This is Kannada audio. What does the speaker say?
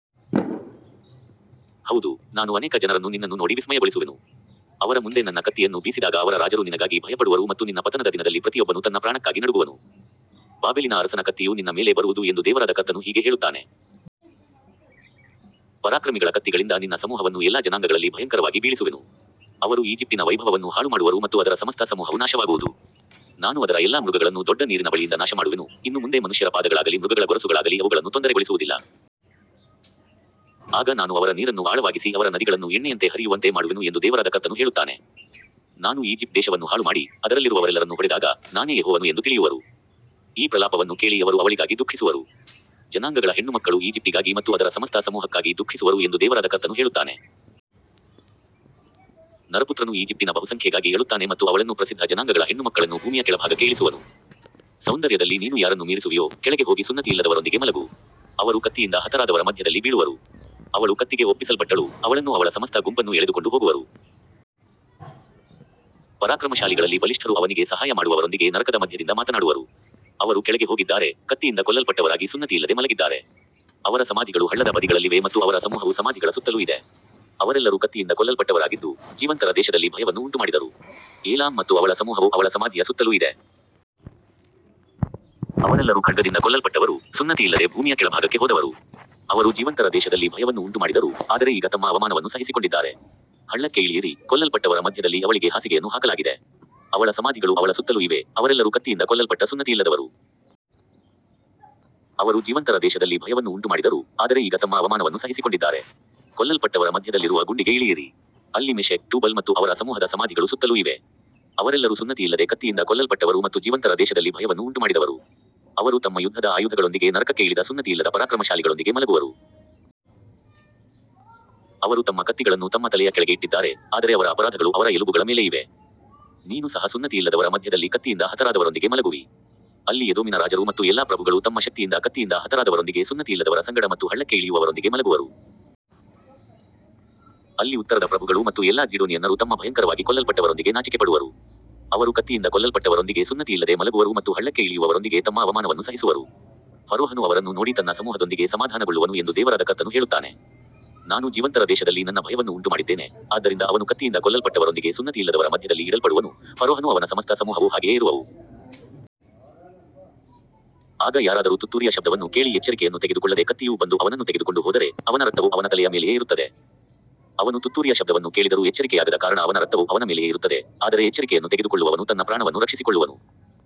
ಹೌದು, ನಾನು ಅನೇಕ ಜನರನ್ನು ನಿನ್ನನ್ನು ನೋಡಿ ವಿಸ್ಮಯಗೊಳಿಸುವೆನು. ಅವರ ಮುಂದೆ ನನ್ನ ಕತ್ತಿಯನ್ನು ಬೀಸಿದಾಗ ಅವರ ರಾಜರು ನಿನಗಾಗಿ ಭಯಪಡುವರು ಮತ್ತು ನಿನ್ನ ಪತನದ ದಿನದಲ್ಲಿ ಪ್ರತಿಯೊಬ್ಬನು ತನ್ನ ಪ್ರಾಣಕ್ಕಾಗಿ ನಡುಗುವನು. ಬಾಬೆಲಿನ ಅರಸನ ಕತ್ತಿಯು ನಿನ್ನ ಮೇಲೆ ಬರುವುದು ಎಂದು ದೇವರಾದ ಕರ್ತನು ಹೀಗೆ ಹೇಳುತ್ತಾನೆ. ಪರಾಕ್ರಮಿಗಳ ಕತ್ತಿಗಳಿಂದ ನಿನ್ನ ಸಮೂಹವನ್ನು ಎಲ್ಲಾ ಜನಾಂಗಗಳಲ್ಲಿ ಭಯಂಕರವಾಗಿ ಬೀಳಿಸುವೆನು. ಅವರು ಈಜಿಪ್ಟಿನ ವೈಭವವನ್ನು ಹಾಳುಮಾಡುವರು ಮತ್ತು ಅದರ ಸಮಸ್ತ ಸಮೂಹವು ನಾಶವಾಗುವುದು. ನಾನು ಅದರ ಎಲ್ಲಾ ಮೃಗಗಳನ್ನು ದೊಡ್ಡ ನೀರಿನ ಬಳಿಯಿಂದ ನಾಶಮಾಡುವೆನು, ಇನ್ನು ಮುಂದೆ ಮನುಷ್ಯರ ಪಾದಗಳಾಗಲಿ ಮೃಗಗಳ ಗೊರಸುಗಳಾಗಲಿ ಅವುಗಳನ್ನು ತೊಂದರೆಗೊಳಿಸುವುದಿಲ್ಲ. ಆಗ ನಾನು ಅವರ ನೀರನ್ನು ಆಳವಾಗಿಸಿ ಅವರ ನದಿಗಳನ್ನು ಎಣ್ಣೆಯಂತೆ ಹರಿಯುವಂತೆ ಮಾಡುವೆನು ಎಂದು ದೇವರಾದ ಕರ್ತನು ಹೇಳುತ್ತಾನೆ. ನಾನು ಈಜಿಪ್ಟ್ ದೇಶವನ್ನು ಹಾಳುಮಾಡಿ, ಅದರಲ್ಲಿರುವವರೆಲ್ಲರನ್ನು ಹೊಡೆದಾಗ, ನಾನೇ ಯೆಹೋವನು ಎಂದು ತಿಳಿಯುವರು. ಈ ಪ್ರಲಾಪವನ್ನು ಕೇಳಿ ಅವರು ಅವಳಿಗಾಗಿ ದುಃಖಿಸುವರು. ಜನಾಂಗಗಳ ಹೆಣ್ಣುಮಕ್ಕಳು ಈಜಿಪ್ಟಿಗಾಗಿ ಮತ್ತು ಅದರ ಸಮಸ್ತ ಸಮೂಹಕ್ಕಾಗಿ ದುಃಖಿಸುವರು ಎಂದು ದೇವರಾದ ಕರ್ತನು ಹೇಳುತ್ತಾನೆ. ನರಪುತ್ರನು ಈಜಿಪ್ಟಿನ ಬಹುಸಂಖ್ಯೆಗಾಗಿ ಅಳುತ್ತಾನೆ ಮತ್ತು ಅವಳನ್ನೂ ಪ್ರಸಿದ್ಧ ಜನಾಂಗಗಳ ಹೆಣ್ಣುಮಕ್ಕಳನ್ನೂ ಭೂಮಿಯ ಕೆಳಭಾಗಕ್ಕೆ ಇಳಿಸುವನು. ಸೌಂದರ್ಯದಲ್ಲಿ ನೀನು ಯಾರನ್ನು ಮೀರಿಸುವಿಯೋ, ಕೆಳಗೆ ಹೋಗಿ ಸುನ್ನತಿಯಿಲ್ಲದವರೊಂದಿಗೆ ಮಲಗು. ಅವರು ಕತ್ತಿಯಿಂದ ಹತರಾದವರ ಮಧ್ಯದಲ್ಲಿ ಬೀಳುವರು. ಅವಳು ಕತ್ತಿಗೆ ಒಪ್ಪಿಸಲ್ಪಟ್ಟಳು, ಅವಳನ್ನೂ ಅವಳ ಸಮಸ್ತ ಗುಂಪನ್ನೂ ಎಳೆದುಕೊಂಡು ಹೋಗುವರು. ಪರಾಕ್ರಮಶಾಲಿಗಳಲ್ಲಿ ಬಲಿಷ್ಠರು ಅವನಿಗೆ ಸಹಾಯ ಮಾಡುವವರೊಂದಿಗೆ ನರಕದ ಮಧ್ಯದಿಂದ ಮಾತನಾಡುವರು. ಅವರು ಕೆಳಗೆ ಹೋಗಿದ್ದಾರೆ, ಕತ್ತಿಯಿಂದ ಕೊಲ್ಲಲ್ಪಟ್ಟವರಾಗಿ ಸುನ್ನತಿಯಿಲ್ಲದೆ ಮಲಗಿದ್ದಾರೆ. ಅವರ ಸಮಾಧಿಗಳು ಹಳ್ಳದ ಬದಿಗಳಲ್ಲಿವೆ ಮತ್ತು ಅವರ ಸಮೂಹವು ಸಮಾಧಿಗಳ ಸುತ್ತಲೂ ಇದೆ. ಅವರೆಲ್ಲರೂ ಕತ್ತಿಯಿಂದ ಕೊಲ್ಲಲ್ಪಟ್ಟವರಾಗಿದ್ದು, ಜೀವಂತರ ದೇಶದಲ್ಲಿ ಭಯವನ್ನು ಉಂಟುಮಾಡಿದರು. ಏಲಾಮ್ ಮತ್ತು ಅವಳ ಸಮೂಹವು ಅವಳ ಸಮಾಧಿಯ ಸುತ್ತಲೂ ಇದೆ. ಅವರೆಲ್ಲರೂ ಖಡ್ಗದಿಂದ ಕೊಲ್ಲಲ್ಪಟ್ಟವರು, ಸುನ್ನತಿಯಿಲ್ಲದೆ ಭೂಮಿಯ ಕೆಳಭಾಗಕ್ಕೆ ಹೋದವರು. ಅವರು ಜೀವಂತರ ದೇಶದಲ್ಲಿ ಭಯವನ್ನು ಉಂಟುಮಾಡಿದರು, ಆದರೆ ಈಗ ತಮ್ಮ ಅವಮಾನವನ್ನು ಸಹಿಸಿಕೊಂಡಿದ್ದಾರೆ. ಹಳ್ಳಕ್ಕೆ ಇಳಿಯಿರಿ, ಕೊಲ್ಲಲ್ಪಟ್ಟವರ ಮಧ್ಯದಲ್ಲಿ ಅವಳಿಗೆ ಹಾಸಿಗೆಯನ್ನು ಹಾಕಲಾಗಿದೆ. ಅವಳ ಸಮಾಧಿಗಳು ಅವಳ ಸುತ್ತಲೂ ಇವೆ, ಅವರೆಲ್ಲರೂ ಕತ್ತಿಯಿಂದ ಕೊಲ್ಲಲ್ಪಟ್ಟ ಸುನ್ನತಿಯಿಲ್ಲದವರು. ಅವರು ಜೀವಂತರ ದೇಶದಲ್ಲಿ ಭಯವನ್ನು ಉಂಟುಮಾಡಿದರು, ಆದರೆ ಈಗ ತಮ್ಮ ಅವಮಾನವನ್ನು ಸಹಿಸಿಕೊಂಡಿದ್ದಾರೆ. ಕೊಲ್ಲಲ್ಪಟ್ಟವರ ಮಧ್ಯದಲ್ಲಿರುವ ಗುಂಡಿಗೆ ಇಳಿಯಿರಿ. ಅಲ್ಲಿ ಮೆಷೆಕ್, ಟೂಬಲ್ ಮತ್ತು ಅವರ ಸಮೂಹದ ಸಮಾಧಿಗಳು ಸುತ್ತಲೂ ಇವೆ. ಅವರೆಲ್ಲರೂ ಸುನ್ನತಿಯಿಲ್ಲದೆ ಕತ್ತಿಯಿಂದ ಕೊಲ್ಲಲ್ಪಟ್ಟವರು ಮತ್ತು ಜೀವಂತರ ದೇಶದಲ್ಲಿ ಭಯವನ್ನು ಉಂಟುಮಾಡಿದವರು. ಅವರು ತಮ್ಮ ಯುದ್ಧದ ಆಯುಧಗಳೊಂದಿಗೆ ನರಕಕ್ಕೆ ಇಳಿದ ಸುನ್ನತಿಯಿಲ್ಲದ ಪರಾಕ್ರಮಶಾಲಿಗಳೊಂದಿಗೆ ಮಲಗುವರು. ಅವರು ತಮ್ಮ ಕತ್ತಿಗಳನ್ನು ತಮ್ಮ ತಲೆಯ ಕೆಳಗೆ ಇಟ್ಟಿದ್ದಾರೆ, ಆದರೆ ಅವರ ಅಪರಾಧಗಳು ಅವರ ಎಲುಬುಗಳ ಮೇಲೆ ಇವೆ. ನೀನು ಸಹ ಸುನ್ನತಿಯಿಲ್ಲದವರ ಮಧ್ಯದಲ್ಲಿ ಕತ್ತಿಯಿಂದ ಹತರಾದವರೊಂದಿಗೆ ಮಲಗುವಿ. ಅಲ್ಲಿ ಎದೋಮಿನ ರಾಜರು ಮತ್ತು ಎಲ್ಲಾ ಪ್ರಭುಗಳು ತಮ್ಮ ಶಕ್ತಿಯಿಂದ ಕತ್ತಿಯಿಂದ ಹತರಾದವರೊಂದಿಗೆ ಸುನ್ನತಿಯಿಲ್ಲದವರ ಸಂಗಡ ಮತ್ತು ಹಳ್ಳಕ್ಕೆ ಇಳಿಯುವವರೊಂದಿಗೆ ಮಲಗುವರು. ಅಲ್ಲಿ ಉತ್ತರದ ಪ್ರಭುಗಳು ಮತ್ತು ಎಲ್ಲಾ ಝೀಡೋನಿಯನ್ನರು ತಮ್ಮ ಭಯಂಕರವಾಗಿ ಕೊಲ್ಲಲ್ಪಟ್ಟವರೊಂದಿಗೆ ನಾಚಿಕೆಪಡುವರು. ಅವರು ಕತ್ತಿಯಿಂದ ಕೊಲ್ಲಲ್ಪಟ್ಟವರೊಂದಿಗೆ ಸುನ್ನತಿಯಿಲ್ಲದೆ ಮಲಗುವರು ಮತ್ತು ಹಳ್ಳಕ್ಕೆ ಇಳಿಯುವವರೊಂದಿಗೆ ತಮ್ಮ ಅವಮಾನವನ್ನು ಸಹಿಸುವರು. ಫರೋಹನು ಅವರನ್ನು ನೋಡಿ ತನ್ನ ಸಮೂಹದೊಂದಿಗೆ ಸಮಾಧಾನಗೊಳ್ಳುವನು ಎಂದು ದೇವರಾದ ಕರ್ತನು ಹೇಳುತ್ತಾನೆ. ನಾನು ಜೀವಂತರ ದೇಶದಲ್ಲಿ ನನ್ನ ಭಯವನ್ನು ಉಂಟುಮಾಡಿದ್ದೇನೆ, ಆದ್ದರಿಂದ ಅವನು ಕತ್ತಿಯಿಂದ ಕೊಲ್ಲಲ್ಪಟ್ಟವರೊಂದಿಗೆ ಸುನ್ನತಿಯಿಲ್ಲದವರ ಮಧ್ಯದಲ್ಲಿ ಇಡಲ್ಪಡುವನು, ಫರೋಹನೂ ಅವನ ಸಮಸ್ತ ಸಮೂಹವೂ ಹಾಗೆಯೇ ಇರುವವು. ಆಗ ಯಾರಾದರೂ ತುತ್ತೂರಿಯ ಶಬ್ದವನ್ನು ಕೇಳಿ ಎಚ್ಚರಿಕೆಯನ್ನು ತೆಗೆದುಕೊಳ್ಳದೆ ಕತ್ತಿಯು ಬಂದು ಅವನನ್ನು ತೆಗೆದುಕೊಂಡು ಹೋದರೆ, ಅವನ ರಕ್ತವು ಅವನ ತಲೆಯ ಮೇಲೆಯೇ ಇರುತ್ತದೆ. ಅವನು ತುತ್ತೂರಿಯ ಶಬ್ದವನ್ನು ಕೇಳಿದರೂ ಎಚ್ಚರಿಕೆಯಾಗದ ಕಾರಣ ಅವನ ರಕ್ತವು ಅವನ ಮೇಲೆಯೇ ಇರುತ್ತದೆ, ಆದರೆ ಎಚ್ಚರಿಕೆಯನ್ನು ತೆಗೆದುಕೊಳ್ಳುವವನು ತನ್ನ ಪ್ರಾಣವನ್ನು ರಕ್ಷಿಸಿಕೊಳ್ಳುವನು.